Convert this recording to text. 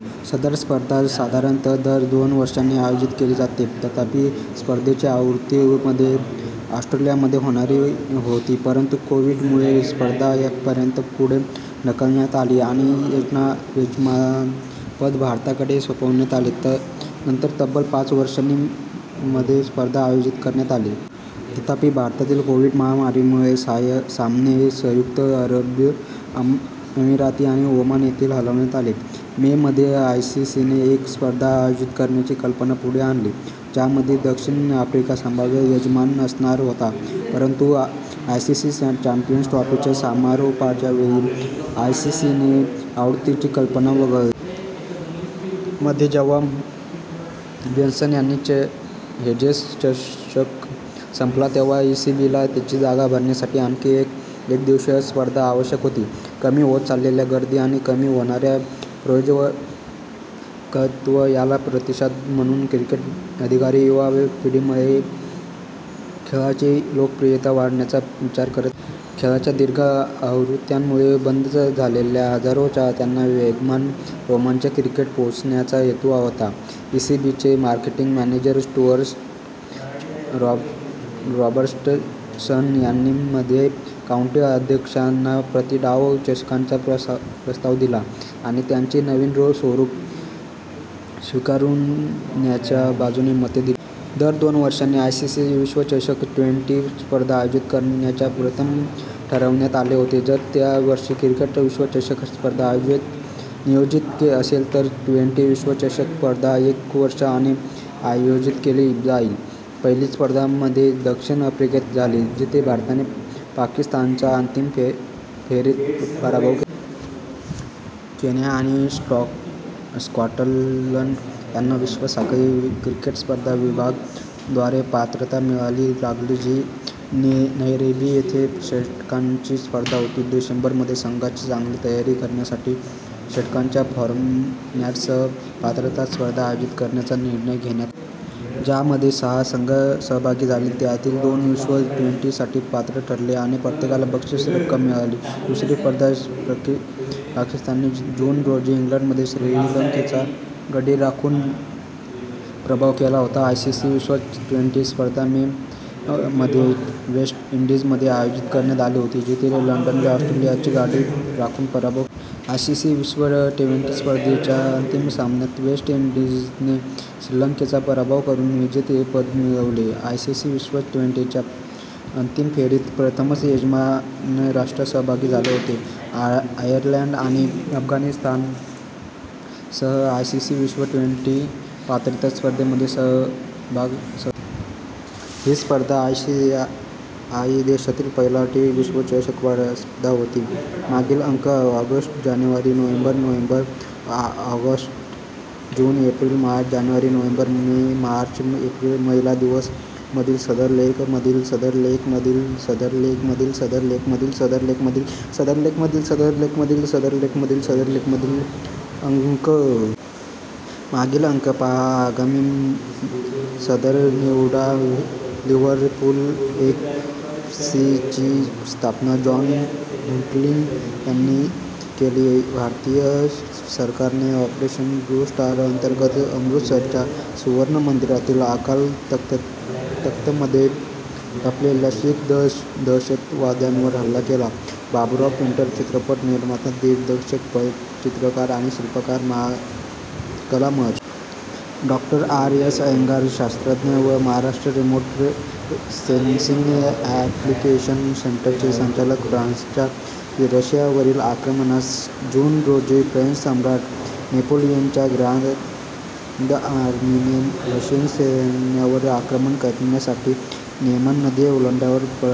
सदर स्पर्धा साधारणतः दर दोन वर्षांनी आयोजित केली जाते. तथापि, स्पर्धेची आवृत्ती मध्ये ऑस्ट्रेलियामध्ये होणार होती, परंतु कोविड- मुळे, स्पर्धा पर्यंत पुढे ढकलण्यात आली आणि यजमानपद भारताकडे सोपविण्यात आले. नंतर तब्बल पाच वर्षांनी मध्ये स्पर्धा आयोजित करण्यात आली. तथापि, भारतातील कोविड- महामारीमुळे, सामने संयुक्त अरब अमिराती आणि ओमान येथे हलविण्यात आले. मे मध्ये, आयसीसीने मध्ये एक स्पर्धा आयोजित करण्याची कल्पना पुढे आणली, ज्यामध्ये दक्षिण आफ्रिका संभाव्य यजमान असणार होता. परंतु आयसीसी चॅम्पियन्स ट्रॉफीच्या समारोपाच्या वेळी, आयसीसीने आवृत्तीची कल्पना वगळली. मध्ये जेव्हा बेन्सन आणि हेजेस चषक संपला तेव्हा ईसीबीला तिची जागा भरण्यासाठी आणखी एक एकदिवसीय स्पर्धा आवश्यक होती. कमी होत चाललेली गर्दी आणि कमी होणारे प्रायोजकत्व याला प्रतिसाद म्हणून क्रिकेट अधिकारी युवा पिढीमध्ये खेळाची लोकप्रियता वाढवण्याचा विचार करत होते. खेळाच्या दीर्घ आवृत्त्यांमुळे बंद झालेल्या हजारो चाहत्यांना वेगवान, रोमांचक क्रिकेट पोहोचवण्याचा हेतू होता. ईसीबीचे मार्केटिंग मॅनेजर स्टुअर्ट रॉबर्टसन यांनी मध्ये काउंटी अध्यक्षांना प्रति डाव षटकांचा प्रस्ताव दिला आणि त्यांनी नवीन स्वरूप स्वीकारण्याच्या बाजूने - मते दिली. दर दोन वर्षांनी आयसीसी विश्वचषक ट्वेंटी- स्पर्धा आयोजित करण्याचे प्रथम ठरवण्यात आले होते, जर त्या वर्षी क्रिकेट विश्वचषक स्पर्धा नियोजित असेल तर ट्वेंटी- विश्वचषक स्पर्धा एक वर्ष आधी आयोजित केली जाईल. पहिली स्पर्धा मध्ये दक्षिण आफ्रिकेत झाली जिथे भारताने पाकिस्तानचा अंतिम फेरीत पराभव केला. केन्या आणि स्कॉटलंड यांना विश्व साखळी क्रिकेट स्पर्धा विभाग द्वारे पात्रता मिळवावी लागली जी नैरोबी येथे षटकांची स्पर्धा होती. डिसेंबर मध्ये संघांची चांगली तयारी करण्यासाठी षटकांच्या फॉरमॅटसह पात्रता स्पर्धा आयोजित करण्याचा निर्णय घेण्यात आला. ज्यामध्ये सहा संघ सहभागी झाले, त्यातील दोन विश्व ट्वेंटी साठी पात्र ठरले आणि प्रत्येकाला बक्षीस रक्कम मिळाली. दुसरी स्पर्धा पाकिस्तानने जून रोजी इंग्लंडमध्ये श्रीलंकेचा गडी राखून पराभव केला होता. आयसीसी विश्व ट्वेंटी स्पर्धा मे मध्ये वेस्ट इंडीजमध्ये आयोजित करण्यात आली होती, जिथे इंग्लंडने ऑस्ट्रेलियाचा गडी राखून पराभव केला होता. आयसीसी विश्व ट्वेंटी स्पर्धेच्या अंतिम सामन्यात वेस्ट इंडीजने श्रीलंकेचा पराभव करून विजेतेपद मिळवले. आयसीसी विश्व ट्वेंटी- च्या अंतिम फेरीत प्रथमच यजमान राष्ट्र सहभागी झाले होते. आयर्लंड आणि अफगाणिस्तानसह आयसीसी विश्व ट्वेंटी पात्रता, स्पर्धेमध्ये स्पर्धक सहभागी होते. ही स्पर्धा आशियाई देशातील पहिला टी विश्वचषक स्पर्धा होती. मागील अंक: ऑगस्ट जानेवारी November November April August June April March जानेवारी नोव्हेंबर मे मार्च महिला दिवस, मधील सदर लेख मधील सदर लेख मधील सदर लेख मधील सदर लेख मधील सदर लेख मधील सदर लेख मधील सदर लेख मधील सदर लेख मधील सदर लेख मधील सदर लेख मागील अंक। मागील अंक पाहा आगामी सदर निवडा लिव्हरपूल एफ. सी. ची स्थापना जॉन हुल्डींग यांनी केली. भारतीय सरकाराने ऑपरेशन ब्लू स्टार अंतर्गत अमृतसरच्या सुवर्णमंदिरातील अकाल तख्तमध्ये लपलेल्या शीख दहशतवाद्यांवर हल्ला केला. बाबूराव पेंटर, चित्रपट निर्माता, दिग्दर्शक, चित्रकार आणि शिल्पकार कलामहर्षी. डॉ. आर. एस. अय्यंगार, शास्त्रज्ञ व महाराष्ट्र रिमोट सेन्सिंग ऍप्लिकेशन सेंटरचे संचालक. फ्रान्सच्या रशियावरील आक्रमणास जून रोजी फ्रेंच सम्राट नेपोलियनच्या ग्रान्द आर्मीने रशियन सैन्यावर आक्रमण करण्यासाठी नेमान नदी ओलांडल्यावर प्रारंभ झाला.